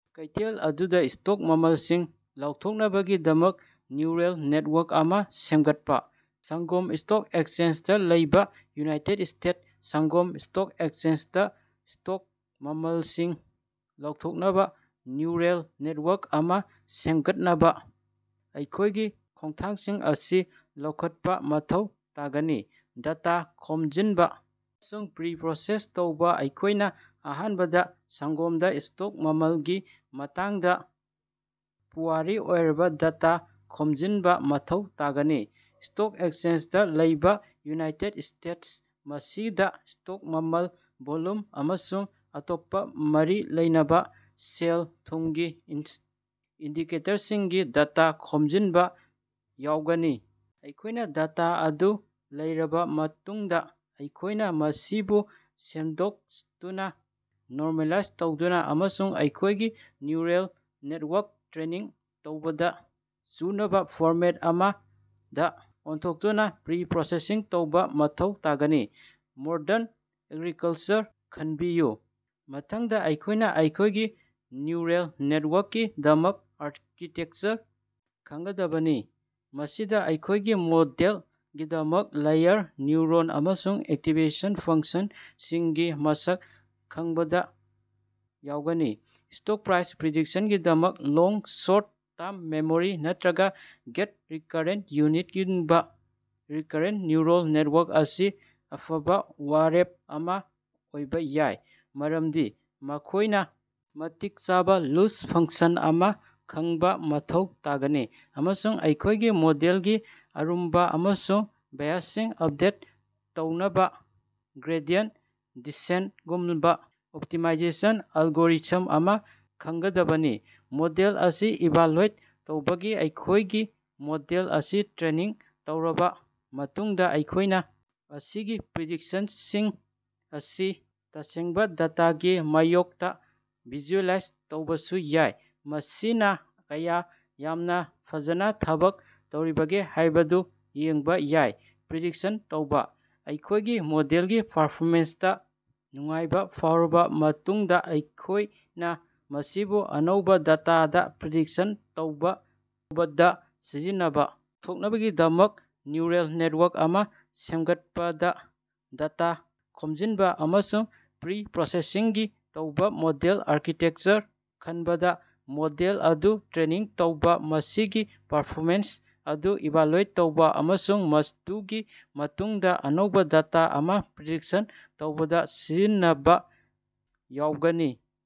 ꯀꯩꯊꯦꯜ ꯑꯗꯨꯗ ꯁ꯭ꯇꯣꯛ ꯃꯃꯜꯁꯤꯡ ꯂꯥꯎꯊꯣꯛꯅꯕꯒꯤꯗꯃꯛ ꯅ꯭ꯌꯨꯔꯜ ꯅꯦꯠꯋꯥꯔꯛ ꯑꯃ ꯁꯦꯝꯒꯠꯄ꯫ ꯁꯪꯒꯣꯝ ꯁ꯭ꯇꯣꯛ ꯑꯦꯛꯆꯦꯟꯖꯗ ꯂꯩꯕ ꯎꯅꯥꯏꯇꯦꯠ ꯏ꯭ꯁꯇꯦꯠꯁ, ꯁꯪꯒꯣꯝ ꯁ꯭ꯇꯣꯛ ꯑꯦꯛꯆꯦꯟꯖꯗꯥ ꯁ꯭ꯇꯣꯛ ꯃꯃꯜꯁꯤꯡ ꯂꯥꯎꯊꯣꯛꯅꯕ ꯅ꯭ꯌꯨꯔꯜ ꯅꯦꯠꯋꯥꯔꯛ ꯑꯃ ꯁꯦꯝꯒꯠꯅꯕ ꯑꯩꯈꯣꯏꯒꯤ ꯈꯣꯡꯊꯥꯡꯁꯤꯡ ꯑꯁꯤ ꯂꯧꯈꯠꯄ ꯃꯊꯧ ꯇꯥꯒꯅꯤ ꯗꯦꯇꯥ ꯈꯣꯝꯖꯤꯟꯕ ꯑꯃꯁꯨꯡ ꯄ꯭ꯔꯤꯄꯔꯣꯁꯦꯁ ꯇꯧꯕ ꯑꯩꯈꯣꯏꯅ ꯑꯍꯥꯟꯕꯗ ꯁꯪꯒꯣꯝꯗ ꯁ꯭ꯇꯣꯛ ꯃꯃꯜꯒꯤ ꯃꯇꯥꯡꯗ ꯄꯨꯋꯥꯔꯤ ꯑꯣꯏꯔꯕ ꯗꯦꯇꯥ ꯈꯣꯝꯖꯤꯟꯕ ꯃꯊꯧ ꯇꯥꯒꯅꯤ꯫ ꯁ꯭ꯇꯣꯛ ꯑꯦꯛꯆꯦꯟꯖꯗ ꯂꯩꯕ ꯎꯅꯥꯏꯇꯦꯠ ꯏ꯭ꯁꯇꯦꯠ ꯃꯁꯤꯗ ꯁ꯭ꯇꯣꯛ ꯃꯃꯜ, ꯚꯣꯜꯌꯨꯝ, ꯑꯃꯁꯨꯡ ꯑꯇꯣꯞꯄ ꯃꯔꯤ ꯂꯩꯅꯕ ꯁꯦꯜ-ꯊꯨꯝꯒꯤ ꯏꯟꯗꯤꯀꯦꯇꯔꯁꯤꯡꯒꯤ ꯗꯦꯇ ꯈꯣꯝꯖꯤꯟꯕ ꯌꯥꯎꯒꯅꯤ꯫ ꯑꯩꯈꯣꯏꯅ ꯗꯦꯇꯥ ꯑꯗꯨ ꯂꯩꯔꯕ ꯃꯇꯨꯡꯗ, ꯑꯩꯈꯣꯏꯅ ꯃꯁꯤꯕꯨ ꯁꯦꯡꯗꯣꯛꯇꯨꯅ, ꯅꯣꯔꯃꯦꯂꯥꯏꯖ ꯇꯧꯗꯨꯅ ꯑꯃꯁꯨꯡ ꯑꯩꯈꯣꯏꯒꯤ ꯅ꯭ꯌꯨꯔꯜ ꯅꯦꯠꯋꯥꯔꯛ ꯇ꯭ꯔꯦꯅꯤꯡ ꯇꯧꯕꯗ ꯆꯨꯅꯕ ꯐꯣꯔꯃꯦꯠ ꯑꯃꯗ ꯑꯣꯟꯊꯣꯛꯇꯨꯅ ꯄ꯭ꯔꯤꯄꯔꯣꯁꯦꯁ ꯇꯧꯕ ꯃꯊꯧ ꯇꯥꯒꯅꯤ꯫ ꯃꯣꯗꯦꯜ ꯑꯥꯔꯀꯤꯇꯦꯀꯆꯔ ꯈꯟꯕꯤꯌꯨ: ꯃꯊꯪꯗ ꯑꯩꯈꯣꯏꯅ ꯑꯩꯈꯣꯏꯒꯤ ꯅ꯭ꯌꯨꯔꯜ ꯅꯦꯠꯋꯥꯔꯛꯀꯤꯗꯃꯛ ꯑꯥꯔꯀꯤꯇꯦꯛꯆꯔ ꯈꯟꯒꯗꯕꯅꯤ꯫ ꯃꯁꯤꯗ ꯑꯩꯈꯣꯏꯒꯤ ꯃꯣꯗꯦꯜꯒꯤꯗꯃꯛꯇ ꯂꯦꯌꯔ, ꯅ꯭ꯌꯨꯔꯣꯟ ꯑꯃꯁꯨꯡ ꯑꯦꯛꯇꯤꯚꯦꯁꯟ ꯐꯪꯛꯁꯟꯁꯤꯡꯒꯤ ꯃꯁꯤꯡ ꯈꯟꯕꯗ ꯌꯥꯎꯒꯅꯤ꯫ ꯁ꯭ꯇꯣꯛ ꯄ꯭ꯔꯥꯏꯁ ꯄ꯭ꯔꯤꯗꯤꯛꯁꯟꯒꯤꯗꯃꯛꯇ, (ꯂꯣꯡ ꯁꯣꯔꯠ-ꯇꯔꯝ ꯃꯦꯃꯣꯔꯤ) ꯅꯠꯇꯔꯒꯥ (ꯒꯦꯠ ꯔꯤꯀꯔꯦꯟ ꯌꯨꯅꯤꯠ)ꯒꯨꯝꯕ ꯔꯤꯀꯔꯦꯟ ꯅ꯭ꯌꯨꯔꯜ ꯅꯦꯇꯋꯥꯔꯛ ꯑꯁꯤ ꯑꯐꯕ ꯋꯥꯔꯦꯞ ꯑꯃ ꯑꯣꯏꯕ ꯌꯥꯏ, ꯃꯔꯝꯗꯤ ꯃꯈꯣꯏ ꯃꯇꯤꯛ ꯆꯥꯕ ꯂꯣꯁ ꯐꯪꯁꯟ ꯑꯃ ꯈꯟꯕ ꯃꯊꯧ ꯇꯥꯒꯅꯤ, ꯑꯃꯁꯨꯡ ꯑꯩꯈꯣꯏꯒꯤ ꯃꯣꯗꯦꯜꯒꯤ ꯑꯔꯨꯝꯕ ꯑꯃꯁꯨꯡ ꯕꯥꯏꯑꯦꯖꯁꯤꯡ ꯑꯞꯗꯦꯠ ꯇꯧꯅꯕ ꯒ꯭ꯔꯦꯗꯤꯌꯦꯟꯇ ꯗꯦꯁꯦꯟꯒꯨꯝꯕ ꯑꯣꯞꯇꯤꯃꯥꯏꯖꯦꯁꯟ ꯑꯦꯜꯒꯣꯔꯤꯊꯝ ꯑꯃ ꯈꯟꯒꯗꯕꯅꯤ꯫ ꯃꯣꯗꯦꯜ ꯑꯁꯤ ꯏꯚꯥꯂꯨꯑꯦꯠ ꯇꯧꯕ ꯑꯩꯈꯣꯏꯒꯤ ꯃꯣꯗꯦꯜ ꯑꯁꯤ ꯇ꯭ꯔꯦꯅꯤꯡ ꯇꯧꯔꯕ ꯃꯇꯨꯡꯗ ꯑꯩꯈꯣꯏꯅ ꯑꯁꯤꯒꯤ ꯄ꯭ꯔꯤꯗꯤꯛꯁꯟꯁꯤꯡ ꯑꯁꯤ ꯇꯁꯦꯡꯕꯥ ꯗꯦꯇꯥꯒꯤ ꯃꯥꯌꯣꯛꯇ ꯚꯤꯖꯨꯑꯦꯂꯥꯏꯖ ꯇꯧꯕꯁꯨ ꯌꯥꯏ, ꯃꯁꯤꯅ ꯀꯌꯥ ꯌꯥꯝꯅ ꯐꯖꯅ ꯊꯕꯛ ꯇꯧꯔꯤꯕꯒꯦ ꯍꯥꯏꯕꯗꯨ ꯌꯦꯡꯕ ꯌꯥꯏ꯫ ꯄ꯭ꯔꯤꯗꯤꯛꯁꯟ ꯇꯧꯕ: ꯑꯩꯈꯣꯏꯒꯤ ꯃꯣꯗꯦꯜꯒꯤ ꯄꯔꯐꯣꯃꯦꯟꯁꯇ ꯅꯨꯡꯉꯥꯏꯕ ꯐꯥꯎꯔꯕ ꯃꯇꯨꯡꯗ, ꯑꯩꯈꯣꯏꯅ ꯃꯁꯤꯕꯨ ꯑꯅꯧꯕ ꯗꯦꯇꯥꯗ ꯄ꯭ꯔꯤꯗꯤꯛꯁꯟ ꯇꯧꯕꯗ ꯁꯤꯖꯤꯟꯅꯕ ꯂꯥꯎꯊꯣꯛꯅꯕ ꯅ꯭ꯌꯨꯔꯜ ꯅꯦꯠꯋꯥꯔꯛ ꯑꯃ ꯁꯦꯝꯒꯠꯄꯗ ꯗꯦꯇꯥ ꯈꯣꯝꯖꯤꯟꯕ ꯑꯃꯁꯨꯡ ꯄ꯭ꯔꯤꯄꯔꯣꯁꯦꯁꯤꯡꯒꯤ ꯇꯧꯕ, ꯃꯣꯗꯦꯜ ꯑꯥꯔꯀꯤꯇꯦꯛꯆꯔ ꯈꯟꯕꯗ, ꯃꯣꯗꯦꯜ ꯑꯗꯨ ꯇ꯭ꯔꯦꯅꯤꯡ ꯇꯧꯕ, ꯃꯁꯤꯒꯤ ꯄꯔꯐꯣꯃꯦꯟꯁ ꯑꯗꯨ ꯏꯚꯥꯂꯨꯑꯦꯠ ꯇꯧꯕ, ꯑꯃꯁꯨꯡ ꯃꯗꯨꯒꯤ ꯃꯇꯨꯡꯗꯥ ꯑꯅꯧꯕ ꯗꯦꯇꯥ ꯑꯃ ꯄ꯭ꯔꯤꯗꯤꯛꯁꯟ ꯇꯧꯕꯗ ꯁꯤꯖꯤꯟꯅꯕ ꯌꯥꯎꯒꯅꯤ꯫